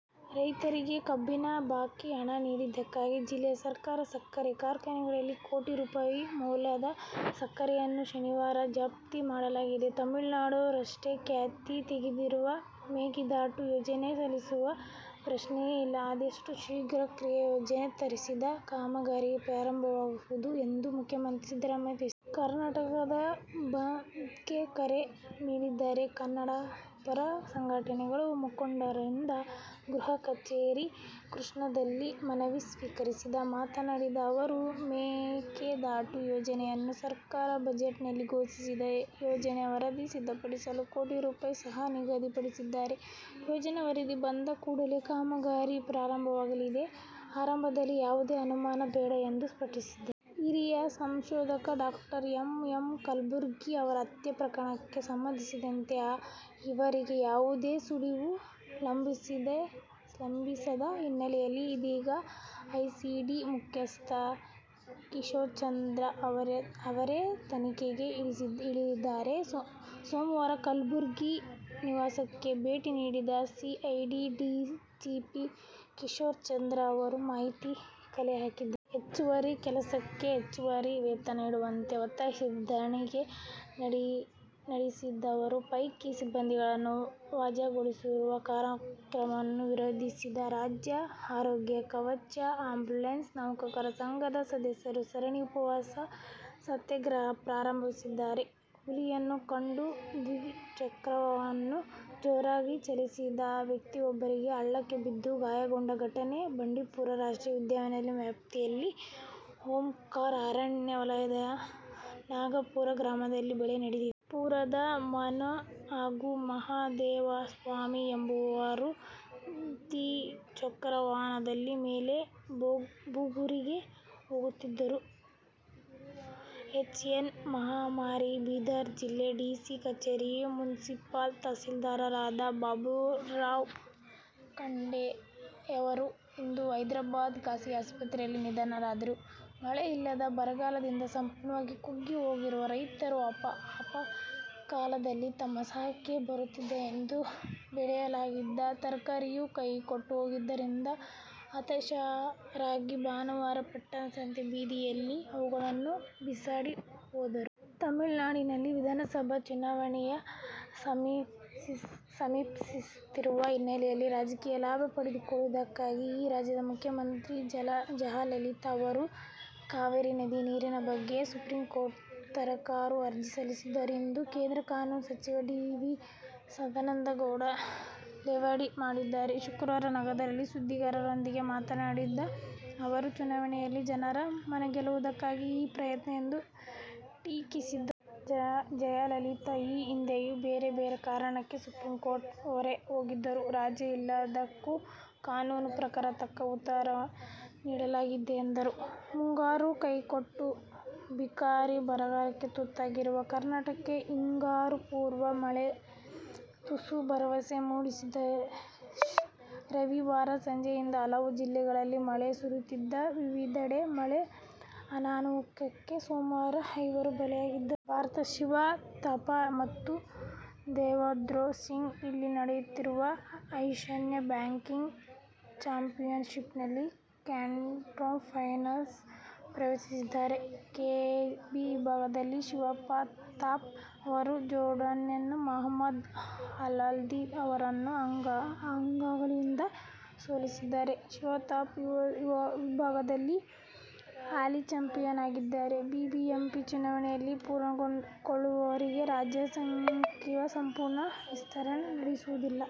ರೈತರಿಗೆ ಕಬ್ಬಿನ ಬಾಕಿ ಹಣ ನೀಡದ್ದಕ್ಕಾಗಿ ಜಿಲ್ಲೆಯ ಸಹಕಾರ ಸಕ್ಕರೆ ಕಾರ್ಖಾನೆಗಳಲ್ಲಿನ ಕೋಟಿ ರೂ. ಮೌಲ್ಯದ ಸಕ್ಕರೆಯನ್ನು ಶನಿವಾರ ಜಪ್ತಿ ಮಾಡಲಾಗಿದೆ. ತಮಿಳುನಾಡು ಎಷ್ಟೇ ಕ್ಯಾತೆ ತೆಗೆದರೂ ಮೇಕೆದಾಟು ಯೋಜನೆ ನಿಲ್ಲಿಸುವ ಪ್ರಶ್ನೆಯೇ ಇಲ್ಲ. ಆದಷ್ಟು ಶೀಘ್ರ ಕ್ರಿಯಾಯೋಜನೆ ತಯಾರಿಸಿ ಕಾಮಗಾರಿ ಪ್ರಾರಂಭಿಸಲಾಗುವುದು ಎಂದು ಮುಖ್ಯಮಂತ್ರಿ ಸಿದ್ದರಾಮಯ್ಯ ತಿಳಿಸಿದ್ದಾರೆ. ಕರ್ನಾಟಕ ಬಂದ್ಗೆ ಕರೆ ನೀಡಿದ್ದ ಕನ್ನಡಪರ ಸಂಘಟನೆಗಳ ಮುಖಂಡರಿಂದ ಗೃಹ ಕಚೇರಿ ಕೃಷ್ಣಾದಲ್ಲಿ ಮನವಿ ಸ್ವೀಕರಿಸಿದ ಮಾತನಾಡಿದ ಅವರು, ಮೇಕೆದಾಟು ಯೋಜನೆಯನ್ನು ಸರ್ಕಾರ ಬಜೆಟ್ನಲ್ಲಿ ಘೋಷಿಸಿ ಯೋಜನಾ ವರದಿ ಸಿದ್ಧಪಡಿಸಲು ಕೋಟಿ ರೂ. ಸಹ ನಿಗದಿಪಡಿಸಿದೆ. ಯೋಜನಾ ವರದಿ ಬಂದ ಕೂಡಲೇ ಕಾಮಗಾರಿ ಪ್ರಾರಂಭವಾಗಲಿದೆ. ಅದರಲ್ಲಿ ಯಾವುದೇ ಅನುಮಾನ ಬೇಡ ಎಂದು ಸ್ಪಷ್ಟಪಡಿಸಿದರು. ಹಿರಿಯ ಸಂಶೋಧಕ ಡಾ. ಎಂ. ಎಂ. ಕಲಬುರ್ಗಿ ಅವರ ಹತ್ಯೆ ಪ್ರಕರಣಕ್ಕೆ ಸಂಬಂಧಿಸಿದಂತೆ ಈವರೆಗೆ ಯಾವುದೇ ಸುಳಿವು ಲಭಿಸದ ಹಿನ್ನೆಲೆಯಲ್ಲಿ ಇದೀಗ ಸಿಐಡಿ ಮುಖ್ಯಸ್ಥ ಕಿಶೋರ್ಚಂದ್ರ ಅವರೇ ತನಿಖೆಗೆ ಇಳಿದಿದ್ದಾರೆ. ಸೋಮವಾರ ಕಲಬುರ್ಗಿ ನಿವಾಸಕ್ಕೆ ಭೇಟಿ ನೀಡಿದ ಸಿಐಡಿ ಡಿಜಿಪಿ ಕಿಶೋರ್ ಚಂದ್ರ ಅವರು ಮಾಹಿತಿ ಕಲೆ ಹಾಕಿದರು. ಹೆಚ್ಚುವರಿ ಕೆಲಸಕ್ಕೆ ಹೆಚ್ಚುವರಿ ವೇತನ ನೀಡುವಂತೆ ಒತ್ತಾಯಿಸಿ ಧರಣಿ ನಡೆಸಿದವರ ಪೈಕಿ ಸಿಬ್ಬಂದಿಯನ್ನು ವಜಾಗೊಳಿಸಿರುವ ಕ್ರಮವನ್ನು ವಿರೋಧಿಸಿ ರಾಜ್ಯ ಆರೋಗ್ಯ ಕವಚ- ಆ್ಯಂಬುಲೆನ್ಸ್ ನೌಕರರ ಸಂಘದ ಸದಸ್ಯರು ಸರಣಿ ಉಪವಾಸ ಸತ್ಯಾಗ್ರಹ ಪ್ರಾರಂಭಿಸಿದ್ದಾರೆ. ಹುಲಿಯನ್ನು ಕಂಡು ದ್ವಿಚಕ್ರವಾಹನವನ್ನು ಜೋರಾಗಿ ಚಲಾಯಿಸಿದ ವ್ಯಕ್ತಿಗಳಿಬ್ಬರು ಹಳ್ಳಕ್ಕೆ ಬಿದ್ದು ಗಾಯಗೊಂಡ ಘಟನೆ ಬಂಡೀಪುರ ರಾಷ್ಟ್ರೀಯ ಉದ್ಯಾನದ ವ್ಯಾಪ್ತಿಯಲ್ಲಿನ ಓಂಕಾರ್ ಅರಣ್ಯ ವಲಯದ ನಾಗಣಾಪುರ ಗ್ರಾಮದ ಬಳಿ ನಡೆದಿದೆ. ಗಣಾಪುರದ ಮನು ಹಾಗೂ ಮಹದೇವಸ್ವಾಮಿ ಎಂಬುವವರು ದ್ವಿಚಕ್ರವಾಹನದ ಮೇಲೆ ಬೇಗೂರಿಗೆ ಹೋಗುತ್ತಿದ್ದರು. ಎಚ್ ಎನ್ ಮಹಾಮಾರಿಗೆ ಬೀದರ್ ಜಿಲ್ಲಾ ಡಿಸಿ ಕಚೇರಿಯ ಮುನ್ಸಿಪಲ್ ತಹಸೀಲ್ದಾರರಾದ ಬಾಬುರಾವ್ ಖಂಡೆಯವರು ಇಂದು ಹೈದರಾಬಾದ್ ಖಾಸಗಿ ಆಸ್ಪತ್ರೆಯಲ್ಲಿ ನಿಧನರಾದರು. ಮಳೆ ಇಲ್ಲದೆ ಬರಗಾಲದಿಂದ ಸಂಪೂರ್ಣ ಕುಗ್ಗಿ ಹೋಗಿರುವ ರೈತರು ಆಪತ್ಕಾಲದಲ್ಲಿ ತಮ್ಮ ಸಹಾಯಕ್ಕೆ ಬರುತ್ತದೆ ಎಂದು ಬೆಳೆಯಲಾಗಿದ್ದ ತರಕಾರಿಯೂ ಕೈಕೊಟ್ಟಿದ್ದರಿಂದ ಹತಾಶರಾಗಿ ಭಾನುವಾರ ಪಟ್ಟಣದ ಸಂತೆ ಬೀದಿಯಲ್ಲಿ ಅವುಗಳನ್ನು ಬಿಸಾಡಿ ಹೋದರು. ತಮಿಳುನಾಡಿನಲ್ಲಿ ವಿಧಾನಸಭಾ ಚುನಾವಣೆ ಸಮೀಪಿಸುತ್ತಿರುವ ಹಿನ್ನೆಲೆಯಲ್ಲಿ ರಾಜಕೀಯ ಲಾಭ ಪಡೆದುಕೊಳ್ಳುವುದಕ್ಕಾಗಿ ಆ ರಾಜ್ಯದ ಮುಖ್ಯ ಮಂತ್ರಿ ಜಯಲಲಿತಾ ಅವರು ಕಾವೇರಿ ನದಿ ನೀರಿನ ಬಗ್ಗೆ ಸುಪ್ರೀಂಕೋರ್ಟ್ಗೆ ತಕರಾರು ಅರ್ಜಿ ಸಲ್ಲಿಸಿದ್ದಾರೆ ಎಂದು ಕೇಂದ್ರ ಕಾನೂನು ಸಚಿವ ಡಿ. ವಿ. ಸದಾನಂದಗೌಡ ಲೇವಡಿ ಮಾಡಿದ್ದಾರೆ. ಶುಕ್ರವಾರ ನಗರದಲ್ಲಿ ಸುದ್ದಿಗಾರರೊಂದಿಗೆ ಮಾತನಾಡಿದ ಅವರು, ಚುನಾವಣೆಯಲ್ಲಿ ಜನರ ಮನಗೆಲ್ಲುವುದಕ್ಕಾಗಿಯೇ ಈ ಪ್ರಯತ್ನ ಎಂದು ಟೀಕಿಸಿದರು. ಜಯಲಲಿತಾ ಈ ಹಿಂದೆಯೂ ಬೇರೆ ಬೇರೆ ಕಾರಣಕ್ಕೆ ಸುಪ್ರೀಂಕೋರ್ಟ್ ಮೊರೆ ಹೋಗಿದ್ದರು. ರಾಜ್ಯ ಇದೆಲ್ಲದಕ್ಕೂ ಕಾನೂನು ಪ್ರಕಾರ ತಕ್ಕ ಉತ್ತರ ನೀಡಲಿದೆ ಎಂದರು. ಮುಂಗಾರು ಕೈಕೊಟ್ಟು ಭೀಕರ ಬರಕ್ಕೆ ತುತ್ತಾಗಿರುವ ಕರ್ನಾಟಕಕ್ಕೆ ಹಿಂಗಾರುಪೂರ್ವ ಮಳೆ ತುಸು ಭರವಸೆ ಮೂಡಿಸಿದೆ. ರವಿವಾರ ಸಂಜೆಯಿಂದ ಹಲವು ಜಿಲ್ಲೆಗಳಲ್ಲಿ ಮಳೆ ಸುರಿಯುತ್ತಿದ್ದು, ವಿವಿಧೆಡೆ ಮಳೆ ಅನಾಹುತಕ್ಕೆ ಸೋಮವಾರ ಐವರು ಬಲಿಯಾಗಿದ್ದಾರೆ. ಭಾರತದ ಶಿವ ಥಾಪ ಮತ್ತು ದೇವೇಂದ್ರೋ ಸಿಂಗ್ ಇಲ್ಲಿ ನಡೆಯುತ್ತಿರುವ ಏಶ್ಯನ್ ಬಾಕ್ಸಿಂಗ್ ಚಾಂಪಿಯನ್ಶಿಪ್ನಲ್ಲಿ ಕ್ವಾರ್ಟರ್ಫೈನಲ್ ಪ್ರವೇಶಿಸಿದ್ದಾರೆ. ಕೆ. ಜಿ. ವಿಭಾಗದಲ್ಲಿ ಶಿವ ಥಾಪ ಅವರು ಜೋರ್ಡಾನ್ನ ಮಹಮ್ಮದ್ ಅಲ್ವದಿ ಅವರನ್ನು ಅಂಕಗಳಿಂದ ಸೋಲಿಸಿದರು. ಶಿವ ಥಾಪ ಈ ವಿಭಾಗದಲ್ಲಿ ಹಾಲಿ ಚಾಂಪಿಯನ್ ಆಗಿದ್ದಾರೆ. ಬಿಬಿಎಂಪಿ ಚುನಾವಣೆ ಪೂರ್ಣಗೊಳ್ಳುವವರೆಗೂ ರಾಜ್ಯ ಸಚಿವ ಸಂಪುಟ ವಿಸ್ತರಣೆ ನಡೆಯುವುದಿಲ್ಲ.